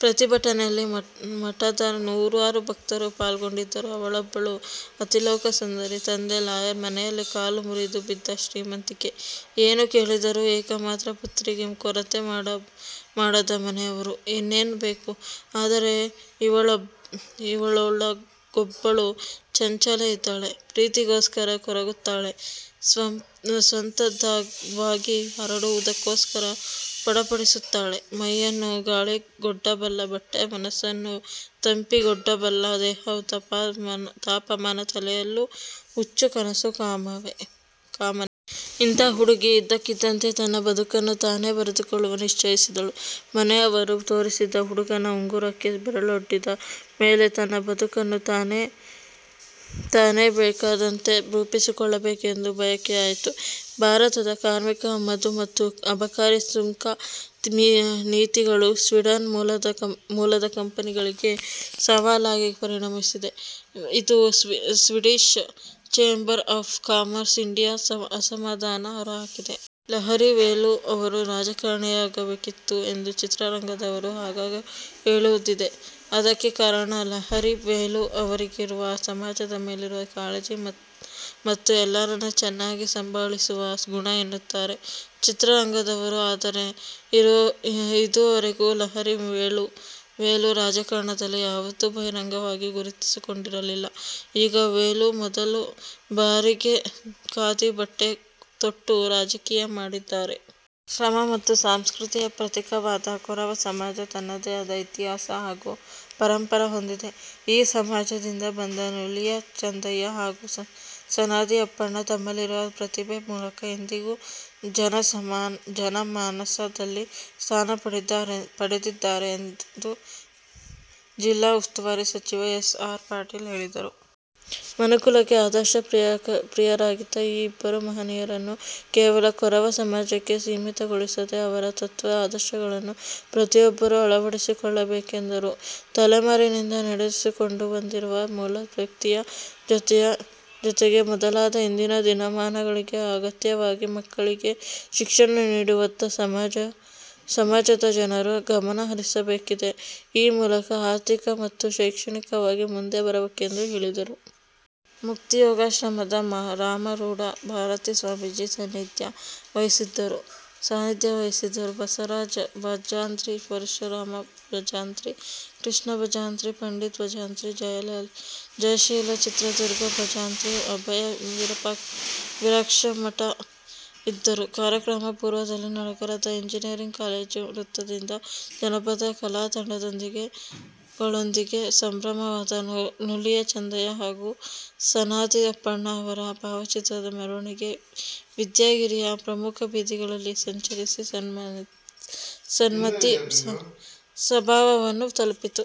ಪ್ರತಿಭಟನೆಯಲ್ಲಿ ಮಠದನೂರಾರು ಭಕ್ತರು ಪಾಲ್ಗೊಂಡಿದ್ದರು. ಅವಳೊಬ್ಬಳು ಅತಿಲೋಕಸುಂದರಿ. ತಂದೆ ಲಾಯರ್, ಮನೆಯಲ್ಲಿ ಕಾಲು ಮುರಿದು ಬಿದ್ದ ಶ್ರೀಮಂತಿಕೆ, ಏನು ಕೇಳಿದರೂ ಏಕಮಾತ್ರ ಪುತ್ರಿಗೆ ಕೊರತೆ ಮಾಡದ ಮನೆಯವರು. ಇನ್ನೇನು ಬೇಕು? ಆದರೆ ಅವಳೊಳಗೊಬ್ಬಳು ಚಂಚಲೆ ಇದ್ದಾಳೆ, ಪ್ರೀತಿಗೋಸ್ಕರ ಕೊರಗುತ್ತಾಳೆ, ಸ್ವತ್ಛಂದವಾಗಿ ಹಾರಾಡುವುದಕ್ಕೋಸ್ಕರ ಫಡಫಡಿಸುತ್ತಾಳೆ. ಮೈಯನ್ನು ಗಾಳಿಗೊಡ್ಡಬಲ್ಲ ಬಟ್ಟೆ, ಮನಸನ್ನು ತಂಪಿಗೊಡ್ಡಬಲ್ಲ ದೇಹದ ತಾಪಮಾನ, ತಲೆಯಲ್ಲು ಹುಚ್ಚು ಕನಸು ಕಾಮನೆ. ಇಂಥ ಹುಡುಗಿ ಇದ್ದಕ್ಕಿದ್ದಂತೇ ತನ್ನ ಬದುಕನ್ನು ತಾನೇ ಬರೆದುಕೊಳ್ಳಲು ನಿಶ್ಚಯಿಸಿದಳು. ಮನೆಯವರು ತೋರಿಸಿದ್ದ ಹುಡುಗನ ಉಂಗುರಕ್ಕೆ ಬೆರಳೊಡ್ಡಿದ ಮೇಲೆ ತನ್ನ ಬದುಕನ್ನು ತನಗೆ ಬೇಕಾದಂತೆ ರೂಪಿಸಿಕೊಳ್ಳಬೇಕೆಂದು ಬಯಕೆಯಾಯ್ತು. ಭಾರತದ ಕಾರ್ಮಿಕ ಆಮದು ಮತ್ತು ಅಬಕಾರಿ ಸುಂಕ ನೀತಿಗಳು ಸ್ವೀಡನ್ ಮೂಲದ ಕಂಪನಿಗಳಿಗೆ ಸವಾಲಾಗಿ ಪರಿಣಮಿಸಿವೆ ಎಂದು Swedish chamber of commerce India ಅಸಮಾಧಾನ ಹೊರಹಾಕಿದೆ. ಲಹರಿ ವೇಲು ಅವರು ರಾಜಕಾರಣಿಯಾಗಬೇಕಿತ್ತು ಎಂದು ಚಿತ್ರರಂಗದವರು ಆಗಾಗ ಹೇಳುವುದಿದೆ. ಅದಕ್ಕೆ ಕಾರಣ ಲಹರಿ ವೇಲು ಅವರಿಗಿರುವ ಸಮಾಜದ ಮೇಲಿರುವ ಕಾಳಜಿ ಮತ್ತು ಎಲ್ಲರನ್ನೂ ಚೆನ್ನಾಗಿ ಸಂಭಾಳಿಸುವ ಗುಣ ಎನ್ನುತ್ತಾರೆ ಚಿತ್ರರಂಗದವರು. ಆದರೆ, ಇದುವರೆಗೂ ಲಹರಿ ವೇಲು ರಾಜಕಾರಣದಲ್ಲಿ ಯಾವತ್ತೂ ಬಹಿರಂಗವಾಗಿ ಗುರುತಿಸಿಕೊಂಡಿರಲಿಲ್ಲ. ಈಗ ವೇಲು ಮೊದಲ ಬಾರಿಗೆಖಾದಿ ಬಟ್ಟೆ ತೊಟ್ಟು, ರಾಜಕೀಯ ಮಾಡಿದ್ದಾರೆ. ಶ್ರಮ ಮತ್ತು ಸಂಸ್ಕೃತಿಯ ಪ್ರತೀಕವಾದ ಕೊರವ ಸಮಾಜ ತನ್ನದೆಯಾದ ಇತಿಹಾಸ ಹಾಗೂ ಪರಂಪರೆ ಹೊಂದಿದೆ. ಈ ಸಮಾಜದಿಂದ ಬಂದ ನುಲಿಯ ಚಂದಯ್ಯ ಹಾಗೂ ಸನಾದಿ ಅಪ್ಪಣ್ಣ ತಮ್ಮಲ್ಲಿರುವ ಪ್ರತಿಭೆ ಮೂಲಕ ಇಂದಿಗೂ ಜನಮಾನಸದಲ್ಲಿ ಸ್ಥಾನ ಪಡೆದಿದ್ದಾರೆಂದು ಜಿಲ್ಲಾ ಉಸ್ತುವಾರಿ ಸಚಿವ ಎಸ್. ಆರ್. ಪಾಟೀಲ ಹೇಳಿದರು. ಮನುಕುಲಕ್ಕೆ ಆದರ್ಶ ಪ್ರಿಯರಾಗಿದ್ದ ಈ ಇಬ್ಬರು ಮಹನಿಯರನ್ನು ಕೇವಲ ಕೊರವ ಸಮಾಜಕ್ಕೆ ಸೀಮಿತಗೊಳಿಸದೆ ಅವರ ತತ್ವ ಆದರ್ಶಗಳನ್ನು ಪ್ರತಿಯೊಬ್ಬರೂ ಅಳವಡಿಸಿಕೊಳ್ಳಬೇಕೆಂದರು. ತಲೆಮಾರಿನಿಂದ ನಡೆಸಿಕೊಂಡು ಬಂದಿರುವ ಮೂಲ ವೃತ್ತಿಯ ಜೊತೆಗೆ ಬದಲಾದ ಇಂದಿನ ದಿನಮಾನಗಳಿಗೆ ಅಗತ್ಯವಾಗಿ ಮಕ್ಕಳಿಗೆ ಶಿಕ್ಷಣ ನೀಡುವತ್ತ ಸಮಾಜದ ಜನರು ಗಮನ ಹರಿಸಬೇಕಿದೆ. ಈ ಮೂಲಕ ಆರ್ಥಿಕ ಮತ್ತು ಶೈಕ್ಷಣಿಕವಾಗಿ ಮುಂದೆ ಬರಬೇಕೆಂದು ಹೇಳಿದರು. ಮುಕ್ತಿ ಯೋಗಾಶ್ರಮದ ರಾಮರೂಢ ಭಾರತಿ ಸ್ವಾಮೀಜಿ ಸಾನ್ನಿಧ್ಯ ವಹಿಸಿದ್ದರು. ಬಸವರಾಜ ಭಜಂತ್ರಿ, ಪರಶುರಾಮ ಭಜಂತ್ರಿ, ಕೃಷ್ಣಾ ಭಂಜತ್ರಿ, ಪಂಡಿತ ಭಜಂತ್ರಿ, ಜಯಶೀಲಾ ಚಿತ್ರದುರ್ಗ, ಭಜಂತ್ರಿ, ಅಭಯ ವಿರಕ್ಷಮಠ ಇದ್ದರು. ಕಾರ್ಯಕ್ರಮ ಪೂರ್ವದಲ್ಲಿ ನಗರದ ಎಂಜನಿಯರಿಂಗ್ ಕಾಲೇಜ್ ವೃತ್ತದಿಂದ ಜಾನಪದ ಕಲಾ ತಂಡಗಳೊಂದಿಗೆ ಪ್ರಾರಂಭವಾದ ನುಲಿಯ ಚಂದಯ್ಯ ಹಾಗೂ ಸನಾದಿ ಅಪ್ಪಣ್ಣ ಅವರ ಭಾವಚಿತ್ರದ ಮೆರವಣಿಗೆ ವಿದ್ಯಾಗಿರಿಯ ಪ್ರಮುಖ ಬೀದಿಗಳಲ್ಲಿ ಸಂಚರಿಸಿ ಸನ್ಮತಿ ಸಭಾಭವನ ತಲುಪಿತು.